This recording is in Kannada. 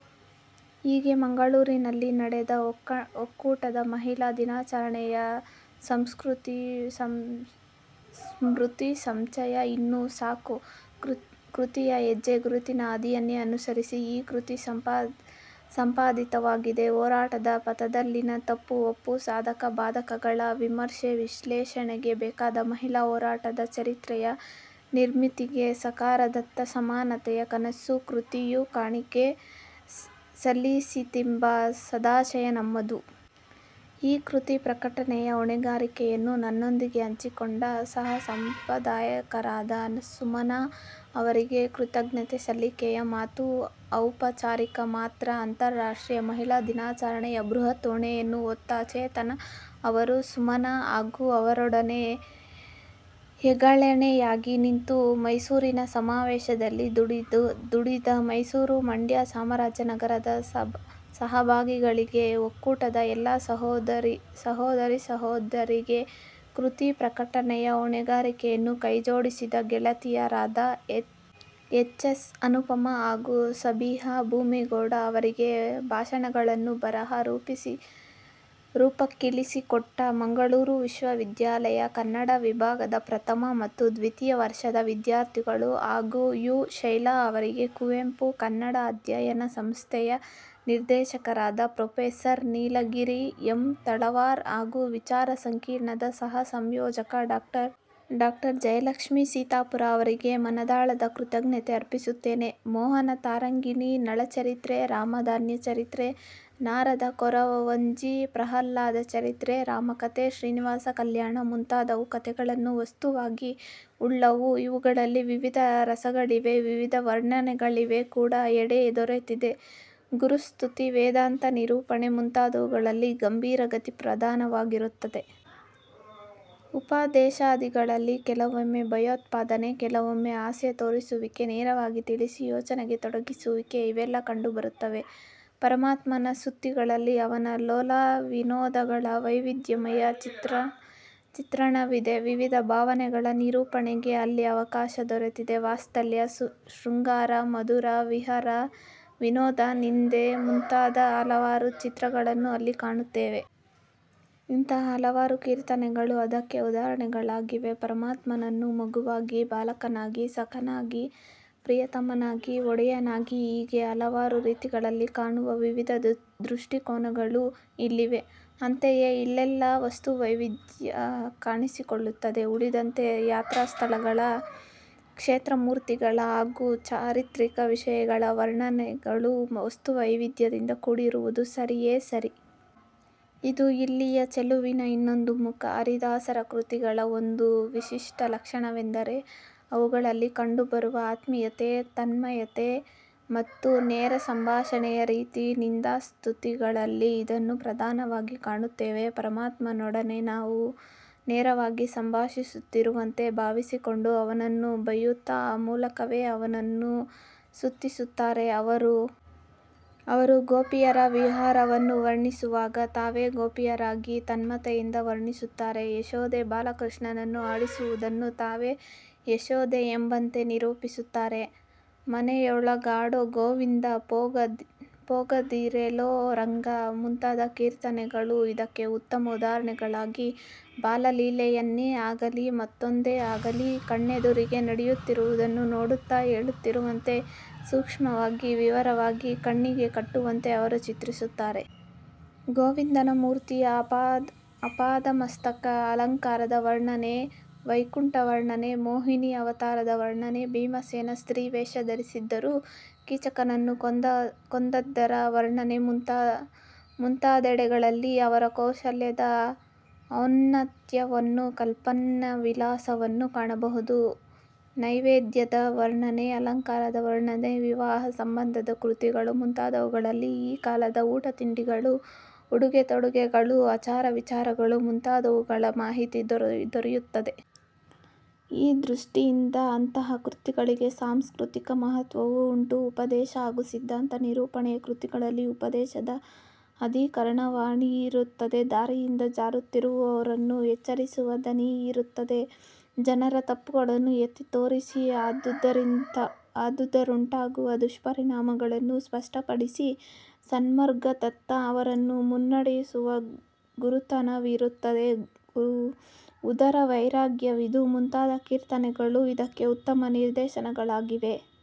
ಹೀಗೆ, ಮಂಗಳೂರಿನಲ್ಲಿ ನಡೆದ ಒಕ್ಕೂಟದ ಮಹಿಳಾ ದಿನಾಚರಣೆಯ ಸ್ಮೃತಿ ಸಂಚಯ 'ಇನ್ನು ಸಾಕು' ಕೃತಿಯ ಹೆಜ್ಜೆ ಗುರುತಿನ ಹಾದಿಯನ್ನೇ ಅನುಸರಿಸಿ ಈ ಕೃತಿ ಸಂಪಾದಿತವಾಗಿದೆ. ಹೋರಾಟದ ಪಥದಲ್ಲಿನ ತಪ್ಪು-ಒಪ್ಪು, ಸಾಧಕ-ಬಾಧಕಗಳ ವಿಮರ್ಶೆ, ವಿಶ್ಲೇಷಣೆಗೆ ಬೇಕಾದ ಮಹಿಳಾ ಹೋರಾಟದ ಚರಿತ್ರೆಯ ನಿರ್ಮಿತಿಗೆ 'ಸಾಕಾರದತ್ತ ಸಮಾನತೆಯ ಕನಸು' ಕೃತಿಯು ಕಾಣಿಕೆ ಸಲ್ಲಿಸೀತೆಂಬ ಸದಾಶಯ ನಮ್ಮದು. ಈ ಕೃತಿ ಪ್ರಕಟನೆಯ ಹೊಣೆಗಾರಿಕೆಯನ್ನು ನನ್ನೊಂದಿಗೆ ಹಂಚಿಕೊಂಡ ಸಹಸಂಪಾದಕರಾದ ಸುಮನಾ ಅವರಿಗೆ ಕೃತಜ್ಞತೆ ಸಲ್ಲಿಕೆಯ ಮಾತು ಔಪಚಾರಿಕ ಮಾತ್ರ. ಅಂತಾರಾಷ್ಟ್ರೀಯ ಮಹಿಳಾ ದಿನಾಚರಣೆಯ ಬೃಹತ್ ಹೊಣೆಯನ್ನು ಹೊತ್ತ ಚೇತನ ಅವರು. ಸುಮನಾ ಹಾಗೂ ಅವರೊಡನೆ ಹೆಗಲೆಣೆಯಾಗಿ ನಿಂತು ಮೈಸೂರಿನ ಸಮಾವೇಶದಲ್ಲಿ ದುಡಿದ ಮೈಸೂರು-ಮಂಡ್ಯ-ಚಾಮರಾಜನಗರದ ಸಹಭಾಗಿಗಳಿಗೆ; ಒಕ್ಕೂಟದ ಎಲ್ಲಾ ಸೋದರಿ ್ಯರಿಗೆ; ಕೃತಿ ಪ್ರಕಟನೆಯ ಹೊಣೆಗಾರಿಕೆಯಲ್ಲಿ ಕೈಜೋಡಿಸಿದ ಗೆಳತಿಯರಾದ ಎಚ್. ಎಸ್. ಅನುಪಮಾ ಹಾಗೂ ಸಬಿಹಾ ಭೂಮಿಗೌಡ ಅವರಿಗೆ; ಭಾಷಣಗಳನ್ನು ಬರಹ ರೂಪಕ್ಕಿಳಿಸಿಕೊಟ್ಟ ಮಂಗಳೂರು ವಿಶ್ವ ವಿದ್ಯಾಲಯ, ಕನ್ನಡ ವಿಭಾಗದ ಪ್ರಥಮ ಮತ್ತು ದ್ವಿತೀಯ ವರ್ಷದ ವಿದ್ಯಾರ್ಥಿಗಳು ಹಾಗೂ ಯು. ಶೈಲಾ ಅವರಿಗೆ ಕುವೆಂಪು ಕನ್ನಡ ಅಧ್ಯಯನ ಸಂಸ್ಥೆಯ ನಿರ್ದೇಶಕರಾದ ಪ್ರೊಫೆಸರ್ ನೀಲಗಿರಿ ಎಂ. ತಳವಾರ್ ಹಾಗೂ ವಿಚಾರ ಸಂಕಿರಣದ ಸಹ ಸಂಯೋಜಕರಾದ ಡಾ. ಜಯಲಕ್ಷ್ಮೀ ಸೀತಾಪುರ ಅವರಿಗೆ ಮನದಾಳದ ಕೃತಜ್ಞತೆ ಅರ್ಪಿಸುತ್ತೇನೆ. ಮೋಹನ ತರಂಗಿಣಿ, ನಳಚರಿತ್ರೆ, ರಾಮಧಾನ್ಯ ಚರಿತ್ರೆ, ನಾರದ ಕೊರವಂಜಿ, ಪ್ರಹ್ಲಾದಚರಿತ್ರೆ, ರಾಮಕಥೆ, ಶ್ರೀನಿವಾಸ ಕಲ್ಯಾಣ ಮುಂತಾದುವು ಕಥೆಗಳನ್ನು ವಸ್ತುವಾಗಿ ಉಳ್ಳುವು. ಇವುಗಳಲ್ಲಿ ವಿವಿಧ ರಸಗಳಿಗೆ ವಿವಿಧ ವರ್ಣನೆಗಳಿಗೆ ಕೂಡ ಎಡೆ ದೊರೆತಿದೆ. ಗುರುಸ್ತುತಿ, ವೇದಾಂತ ನಿರೂಪಣೆ ಮುಂತಾದುವುಗಳಲ್ಲಿ ಗಂಭೀರ ಗತಿ ಪ್ರಧಾನವಾಗಿರುತ್ತದೆ. ಉಪದೇಶಾದಿಗಳಲ್ಲಿ ಕೆಲವೊಮ್ಮೆ ಭಯೋತ್ಪಾದನೆ, ಕೆಲವೊಮ್ಮೆ ಆಸೆ ತೋರಿಸುವಿಕೆ ನೇರವಾಗಿ ತಿಳಿಸಿ ಯೋಚನೆಗೆ ತೊಡಗಿಸುವುಕೆ ಇವೆಲ್ಲ ಕಂಡುಬರುತ್ತವೆ. ಪರಮಾತ್ಮನ ಸ್ತುತಿಗಳಲ್ಲಿ ಅವನ ಲೋಲಾವಿನೋದಗಳ ವೈವಿಧ್ಯಮಯ ಚಿತ್ರಣವಿದೆ. ವಿವಿಧ ಭಾವಗಳ ನಿರೂಪಣೆಗೆ ಅಲ್ಲಿ ಅವಕಾಶ ದೊರೆತಿದೆ. ವಾತ್ಸಲ್ಯ, ಶೃಂಗಾರ, ಮಧುರ, ವಿರಹ, ವಿನೋದ, ನಿಂದೆ ಮುಂತಾದ ಹಲವಾರು ಚಿತ್ರಗಳನ್ನು ಅಲ್ಲಿ ಕಾಣುತ್ತೇವೆ. ಇಂತಹ ಹಲವಾರು ಕೀರ್ತನೆಗಳು ಅದಕ್ಕೆ ಉದಾಹರಣೆಗಳಾಗಿವೆ. ಪರಮಾತ್ಮನನ್ನು ಮಗುವಾಗಿ, ಬಾಲಕನಾಗಿ, ಸಖನಾಗಿ, ಪ್ರಿಯತಮನಾಗಿ, ಒಡೆಯನಾಗಿ ಹೀಗೆ ಹಲವಾರು ರೀತಿಗಳಲ್ಲಿ ಕಾಣುವ ವಿವಿಧ ದೃಷ್ಟಿಕೋನಗಳು ಇಲ್ಲಿವೆ. ಅಂತೆಯೇ ಇಲ್ಲೆಲ್ಲ ವಸ್ತು ವೈವಿಧ್ಯ ಕಾಣಿಸಿಕೊಳ್ಳುತ್ತದೆ. ಉಳಿದಂತೆ ಯಾತ್ರಸ್ಥಳಗಳ, ಕ್ಲೇತ್ರಮೂರ್ತಿಗಳ ಹಾಗೂ ಚಾರಿತ್ರಿಕ ವಿಷಯಗಳ ವರ್ಣನೆಗಳು ವಸ್ತು ವೈವಿಧ್ಯದಿಂದ ಕೂಡಿರುವುದು ಸರಿಯೇ ಸರಿ. ಇದು ಇಲ್ಲಿಯ ಚೆಲುವಿನ ಇನ್ನೊಂದು ಮುಖ. ಹರಿದಾಸರ ಕೃತಿಗಳ ಒಂದು ವಿಶಿಷ್ಟ ಲಕ್ಷಣವೆಂದರೆ ಅವುಗಳಲ್ಲಿ ಕಂಡುಬರುವ ಆತ್ಮೀಯತೆ, ತನ್ಮಯತೆ ಮತ್ತು ನೇರಸಂಭಾಷಣೆಯ ರೀತಿ. ನಿಂದಾಸ್ತುತಿಗಳಲ್ಲಿ ಇದನ್ನು ಪ್ರಧಾನವಾಗಿ ಕಾಣುತ್ತೇವೆ. ಪರಮಾತ್ಮನೊಡನೆ ತಾವು ನೇರವಾಗಿ ಸಂಭಾಷಿಸುತ್ತಿರುವಂತೆ ಭಾವಿಸಿಕೊಂಡು ಅವನನ್ನು ಬೈಯುತ್ತ ಆ ಮೂಲಕವೇ ಅವನನ್ನು ಸ್ತುತಿಸುತ್ತಾರೆ ಅವರು. ಗೋಪಿಯರ ವಿರಹವನ್ನು ವರ್ಣಿಸುವಾಗ ತಾವೇ ಗೋಪಿಯರಾಗಿ ತನ್ಮಯತೆಯಿಂದ ವರ್ಣಿಸುತ್ತಾರೆ. ಯಶೋದೆ ಬಾಲಕೃಷ್ಣನನ್ನು ಆಡಿಸುವುದನ್ನು ತಾವೇ ಯಶೋದೆಯೆಂಬಂತೆ ನಿರೂಪಿಸುತ್ತಾರೆ. "ಮನೆಯೊಳಗಾಡೊ ಗೋವಿಂದ" ಪೋಗ ದಿರೆಲೊ ರಂಗ" ಮುಂತಾದ ಕೀರ್ತನೆಗಳು ಇದಕ್ಕೆ ಉತ್ತಮ ಉದಾಹರಣೆಗಳಾಗಿವೆ. ಬಾಲಲೀಲೆಯನ್ನೇ ಆಗಲಿ ಮತ್ತೊಂದನ್ನೇ ಆಗಲಿ, ಕಣ್ಣೆದುರಿಗೆ ನಡೆಯುತ್ತಿರುವುದನ್ನು ನೋಡುತ್ತಾ ಹೇಳುತ್ತಿರುವವಂತೆ ಸೂಕ್ಷ್ಮವಾಗಿ ವಿವರವಾಗಿ ಕಣ್ಣಿಗೆ ಕಟ್ಟುವಂತೆ ಅವರು ಚಿತ್ರಿಸುತ್ತಾರೆ. ಗೋವಿಂದನ ಮೂರ್ತಿಯ ಆಪಾದಮಸ್ತಕ ಅಲಂಕಾರದ ವರ್ಣನೆ, ವೈಕುಂಠ ವರ್ಣನೆ, ಮೋಹಿನೀ ಅವತಾರದ ವರ್ಣನೆ, ಭೀಮಸೇನ ಸ್ತ್ರೀವೇಷ ಧರಿಸಿದ್ದರು, ಕೀಚಕನನ್ನು ಕೊಂದದ್ದರ ವರ್ಣನೆ ಮುಂತಾದೆಡೆಗಳಲ್ಲಿ ಅವರ ಕೌಶಲದ ಔನ್ನತ್ಯವನ್ನೂ ಕಲ್ಪನ್ನವಿಲಾಸವನ್ನೂ ಕಾಣಬಹುದು. ನೈವೇದ್ಯದ ವರ್ಣನೆ, ಅಲಂಕಾರದ ವರ್ಣನೆ, ವಿವಾಹಸಂಬಂಧದ ಕೃತಿಗಳು ಮುಂತಾದವುಗಳಲ್ಲಿ ಆ ಕಾಲದ ಊಟತಿಂಡಿಗಳು, ಉಡುಗೆತೊಡುಗೆಗಳು, ಆಚಾರವಿಚಾರಗಳು ಮುಂತಾದವುಗಳ ಮಾಹಿತಿ ದೊರೆಯುತ್ತದೆ. ಈ ದೃಷ್ಟಿಯಿಂದ ಅಂತಹ ಕೃತಿಗಳಿಗೆ ಸಾಂಸ್ಕೃತಿಕ ಮಹತ್ವವೂ ಉಂಟು. ಉಪದೇಶ ಹಾಗೂ ಸಿದ್ಧಾಂತ ನಿರೂಪಣೆಯ ಕೃತಿಗಳಲ್ಲಿ ಉಪದೇಶದ ಅಧಿಕಾರವಾಣಿಯಿರುತ್ತದೆ. ದಾರಿಯಿಂದ ಜಾರುತ್ತಿರುವವರನ್ನು ಎಚ್ಚರಿಸುವ ದನಿಯಿರುತ್ತದೆ. ಜನರ ತಪ್ಪುಗಳನ್ನು ಎತ್ತಿತೋರಿಸಿ, ಅದರಿಂದುಂಟಾಗುವ ದುಷ್ಪರಿಣಾಮಗಳನ್ನು ಸ್ಪಷ್ಟಪಡಿಸಿ, ಸನ್ಮಾರ್ಗದತ್ತ ಅವರನ್ನು ಮುನ್ನೆಡೆಸುವ ಗುರುತನವಿರುತ್ತದೆ. ಉದರವೈರಾಗ್ಯವಿದು ಮುಂತಾದ ಕೀರ್ತನೆಗಳು ಇದಕ್ಕೆ ಉತ್ತಮ ನಿದರ್ಶನಗಳಾಗಿವೆ.